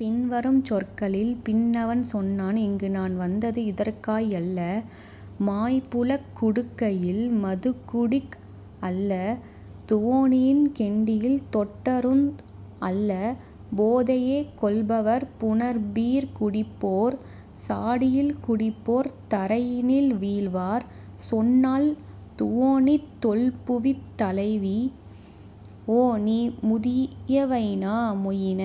பின்வரும் சொற்களில் பின்அவன் சொன்னான்: "இங்குநான் வந்தது இதற்காய் அல்ல மாய்புலக் குடுக்கையில் மதுக்குடிக் அல்ல துவோனியின் கெண்டியில் தொட்டருந் அல்ல போதையே கொள்பவர் புணர்'பீர்' குடிப்போர் சாடியில் குடிப்போர் தரையினில் வீழ்வார். " சொன்னாள் துவோனித் தொல்புவித் தலைவி: "ஓ, நீ முதிய வைனா மொயின!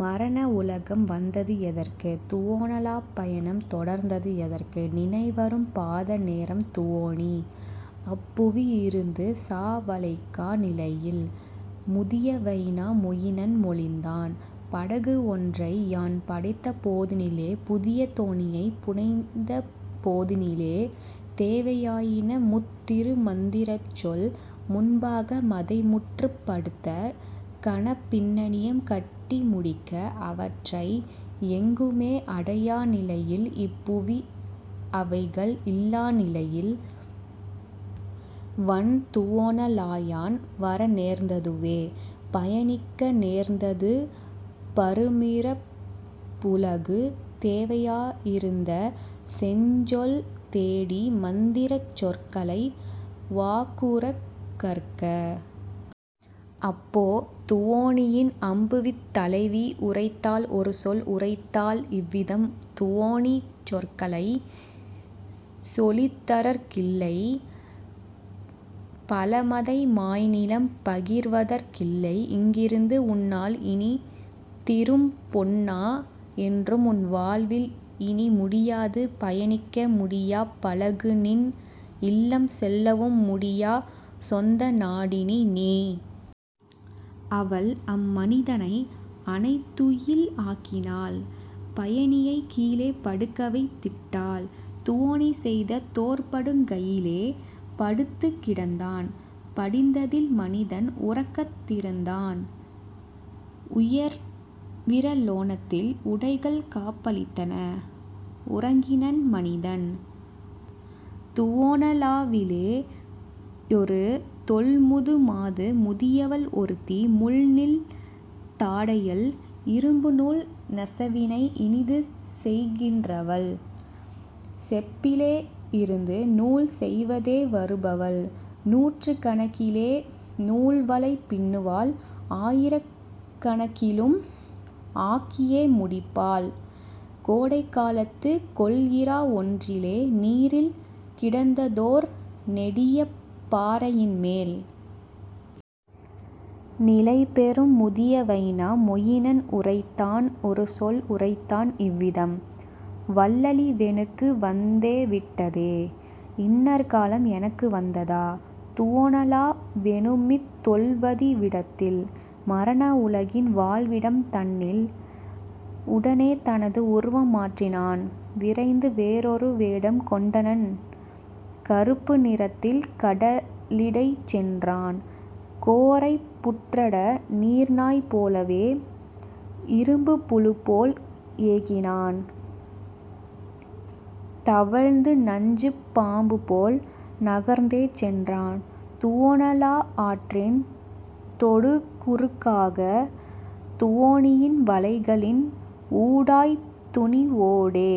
மரண உலகம் வந்தது எதற்கு? துவோனலாப் பயணம் தொடர்ந்தது எதற்கு? நினைவரும் பாத நேரம் துவோனி? அம்புவி யிருந்துசா வழைக்கா நிலையில்? " முதிய வைனா மொயினன் மொழிந்தான்: "படகு ஒன்றையான் படைத்தபோ தினிலே புதிய தோணியைப் புனைந்தபோ தினிலே தேவை யாயினமுத் திருமந் திரச்சொல் முன்பா கமதை முற்றுப் படுத்த கனப்பின் னணியம் கட்டி முடிக்க; அவற்றை எங்குமே அடையா நிலையில் இப்புவி அவைகள் இல்லா நிலையில் வன்துவோ னலாயான் வரநேர்ந் ததுவே பயணிக்க நேர்ந்தது பருமிறப் புலகு தேவையா யிருந்த செஞ்சொல் தேடி மந்திரச் சொற்களை வாகுறக் கற்க. " அப்போ துவோனியின் அம்புவித் தலைவி உரைத்தாள் ஒருசொல் உரைத்தாள் இவ்விதம்: "துவோனி சொற்களைச் சொலித்தரற் கில்லை பலமதை மாய்நிலம் பகிர்வதற் கில்லை இங்கிருந்து உன்னால் இனித்திரும் பொண்ணா என்றும்உன் வாழ்வில் இனிமுடி யாது பயணிக்க முடியா பழகுநின் இல்லம் செல்லவும் முடியா சொந்தநா டினிநீ. " அவள்அம் மனிதனை அணைதுயில் ஆக்கினாள் பயணியைக் கீழே படுக்கவைத் திட்டாள் துவோனி செய்த தோற்படுக் கையிலே; படுத்துக் கிடந்தான் படிந்ததில் மனிதன் உறக்கத் திருந்தான் உயர்விற லோனதில் உடைகள்காப் பளித்தன உறங்கினன் மனிதன். துவோனலா விலேயொரு தொல்முது மாது முதியவள் ஒருத்தி முன்நீள் தாடையள் இரும்புநூல் நெசவினை இனிதுசெய் கின்றவள் செப்பிலே யிருந்துநூல் செய்வதே வருபவள் நூற்றுக் கணக்கிலே நூல்வலை பின்னுவாள் ஆயிரக் கணக்கிலும் ஆக்கியே முடிப்பாள் கோடைகா லத்துகொள்இரா ஒன்றிலே நீரில் கிடந்ததோர் நெடியபா றையின்மேல். நிலைபெறும் முதிய வைனா மொயினன் உரைத்தான் ஒருசொல் உரைத்தான் இவ்விதம்: "வல்லழி வெனக்கு வந்தே விட்டதே? இன்னற் காலம் எனக்கு வந்ததா? துவோனலா வெனுமித் தொல்வதி விடத்தில்? மரண உலகின் வாழ்விடம் தன்னில்? " உடனே தனது உருவம் மாற்றினான் விரைந்து வேறொரு வேடம் கொண்டனன் கறுப்பு நிறத்தில் கடலிடைச் சென்றான் கோரைப் புற்றட நீர்நாய் போலவே இரும்புப் புழுப்போல் ஏகினான் தவழ்ந்து நஞ்சுப் பாம்புபோல் நகர்ந்தே சென்றான் துவோனலா ஆற்றின் தொடுகுறுக் காக துவோனியின் வலைகளின் ஊடாய்த் துணிவொடே.